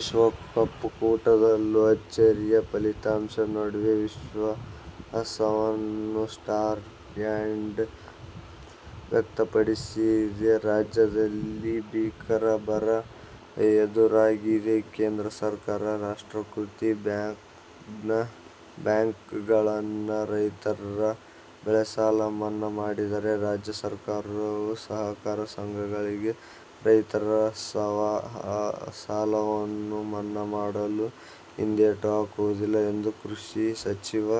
ವಿಶ್ವ ಕಪ್ ಕೂಟದಲ್ಲೂ ಅಚ್ಚರಿಯ ಫಲಿತಾಂಶ ನೀಡುವ ವಿಶ್ವಾಸವನ್ನು ಸ್ಕಾಟ್ಲ್ಯಾಂಡ್ ವ್ಯಕ್ತಪಡಿಸಿದೆ. ರಾಜ್ಯದಲ್ಲಿ ಭೀಕರ ಬರ ಎದುರಾಗಿದೆ. ಕೇಂದ್ರ ಸರ್ಕಾರ ರಾಷ್ಟ್ರೀಕೃತ ಬ್ಯಾಂಕ್ಗಳಲ್ಲಿನ ರೈತರ ಬೆಳೆಸಾಲ ಮನ್ನಾ ಮಾಡಿದರೆ ರಾಜ್ಯ ಸರ್ಕಾರವೂ ಸಹಕಾರಿ ಸಂಘಗಳಲ್ಲಿನ ರೈತರ ಸಾಲವನ್ನು ಮನ್ನಾ ಮಾಡಲು ಹಿಂದೇಟು ಹಾಕುವುದಿಲ್ಲ ಎಂದು ಕೃಷಿ ಸಚಿವ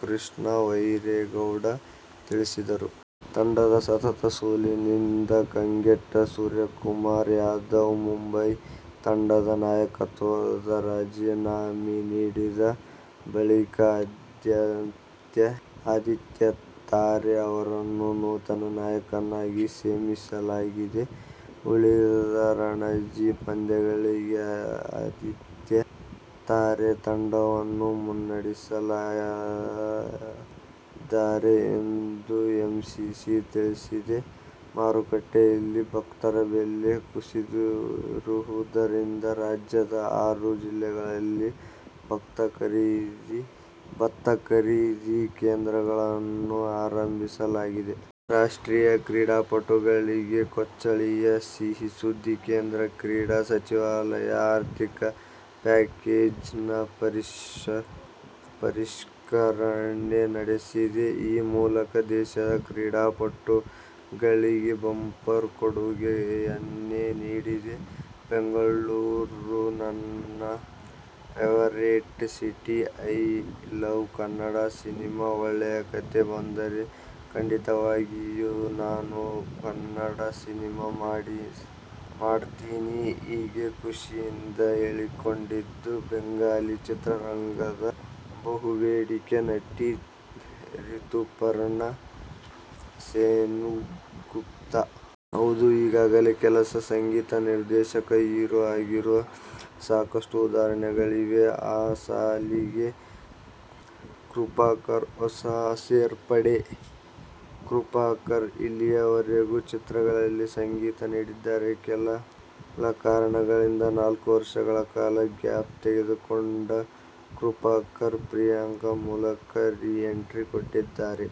ಕೃಷ್ಣ ಭೈರೇಗೌಡ ತಿಳಿಸಿದರು. ತಂಡದ ಸತತ ಸೋಲಿನಿಂದ ಕಂಗೆಟ್ಟ ಸೂರ್ಯಕುಮಾರ್ ಯಾದವ್ ಮುಂಬಯಿ ತಂಡದ ನಾಯಕತ್ವಕ್ಕೆ ರಾಜೀನಾಮೆ ನೀಡಿದ ಬಳಿಕ ಆದಿತ್ಯ ತಾರೆ ಅವರನ್ನು ನೂತನ ನಾಯಕನನ್ನಾಗಿ ನೇಮಿಸಲಾಗಿದೆ. ಉಳಿದ ರಣಜಿ ಪಂದ್ಯಗಳಿಗೆ ಆದಿತ್ಯ ತಾರೆ ತಂಡವನ್ನು ಮುನ್ನಡೆಸಲಿದ್ದಾರೆ ಎಂದು ಎಂಸಿಸಿ ತಿಳಿಸಿದೆ. ಮಾರುಕಟ್ಟೆಯಲ್ಲಿ ಭತ್ತದ ಬೆಲೆ ಕುಸಿದಿರುವುದರಿಂದ ರಾಜ್ಯದ ಆರು ಜಿಲ್ಲೆಗಳಲ್ಲಿ ಭತ್ತ ಖರೀದಿ ಕೇಂದ್ರಗಳನ್ನು ಆರಂಭಿಸಲಾಗಿದೆ. ರಾಷ್ಟ್ರೀಯ ಕ್ರೀಡಾಪಟುಗಳಿಗೆ, ಕೋಚ್ಗಳಿಗೆ ಸಿಹಿ ಸುದ್ದಿ. ಕೇಂದ್ರ ಕ್ರೀಡಾ ಸಚಿವಾಲಯ ಆರ್ಥಿಕ ಪ್ಯಾಕೇಜ್ನ ಪರಿಷ್ಕರಣೆ ನಡೆಸಿದೆ. ಈ ಮೂಲಕ ದೇಶದ ಕ್ರೀಡಾಪಟುಗಳಿಗೆ ಬಂಪರ್ ಕೊಡುಗೆಯನ್ನೇ ನೀಡಿದೆ. "ಬೆಂಗಳೂರು ನನ್ನ favourite city, I love Kannada cinema, ಒಳ್ಳೆಯ ಕಥೆ ಬಂದರೆ ಖಂಡಿತವಾಗಿಯೂ ನಾನು ಕನ್ನಡ ಸಿನಿಮಾ ಮಾಡ್ತೀನಿ' ಹೀಗೆ ಖುಷಿಯಿಂದ ಹೇಳಿಕೊಂಡಿದ್ದು, ಬೆಂಗಾಲಿ ಚಿತ್ರರಂಗದ ಬಹುಬೇಡಿಕೆ ನಟಿ ರಿತುಪರ್ಣ ಸೇನ್ಗುಪ್ತ. ಹೌದು, ಈಗಾಗಲೇ ಕೆಲ ಸಂಗೀತ ನಿರ್ದೇಶಕರು ಹೀರೋ ಆಗಿರುವ ಸಾಕಷ್ಟು ಉದಾಹರಣೆಗಳಿವೆ. ಆ ಸಾಲಿಗೆ ಕೃಪಾಕರ್ ಹೊಸ ಸೇರ್ಪಡೆ. ಕೃಪಾಕರ್ ಇಲ್ಲಿಯವರೆಗೆ ಚಿತ್ರಗಳಿಗೆ ಸಂಗೀತ ನೀಡಿದ್ದಾರೆ. ಕೆಲ ಕಾರಣಗಳಿಂದ ನಾಲ್ಕು ವರ್ಷಗಳ ಕಾಲ ಗ್ಯಾಪ್ ತೆಗೆದುಕೊಂಡಿದ್ದ ಕೃಪಾಕರ್, "ಪ್ರಿಯಾಂಕ' ಮೂಲಕ ರೀ ಎಂಟ್ರಿ ಕೊಟ್ಟಿದ್ದಾರೆ.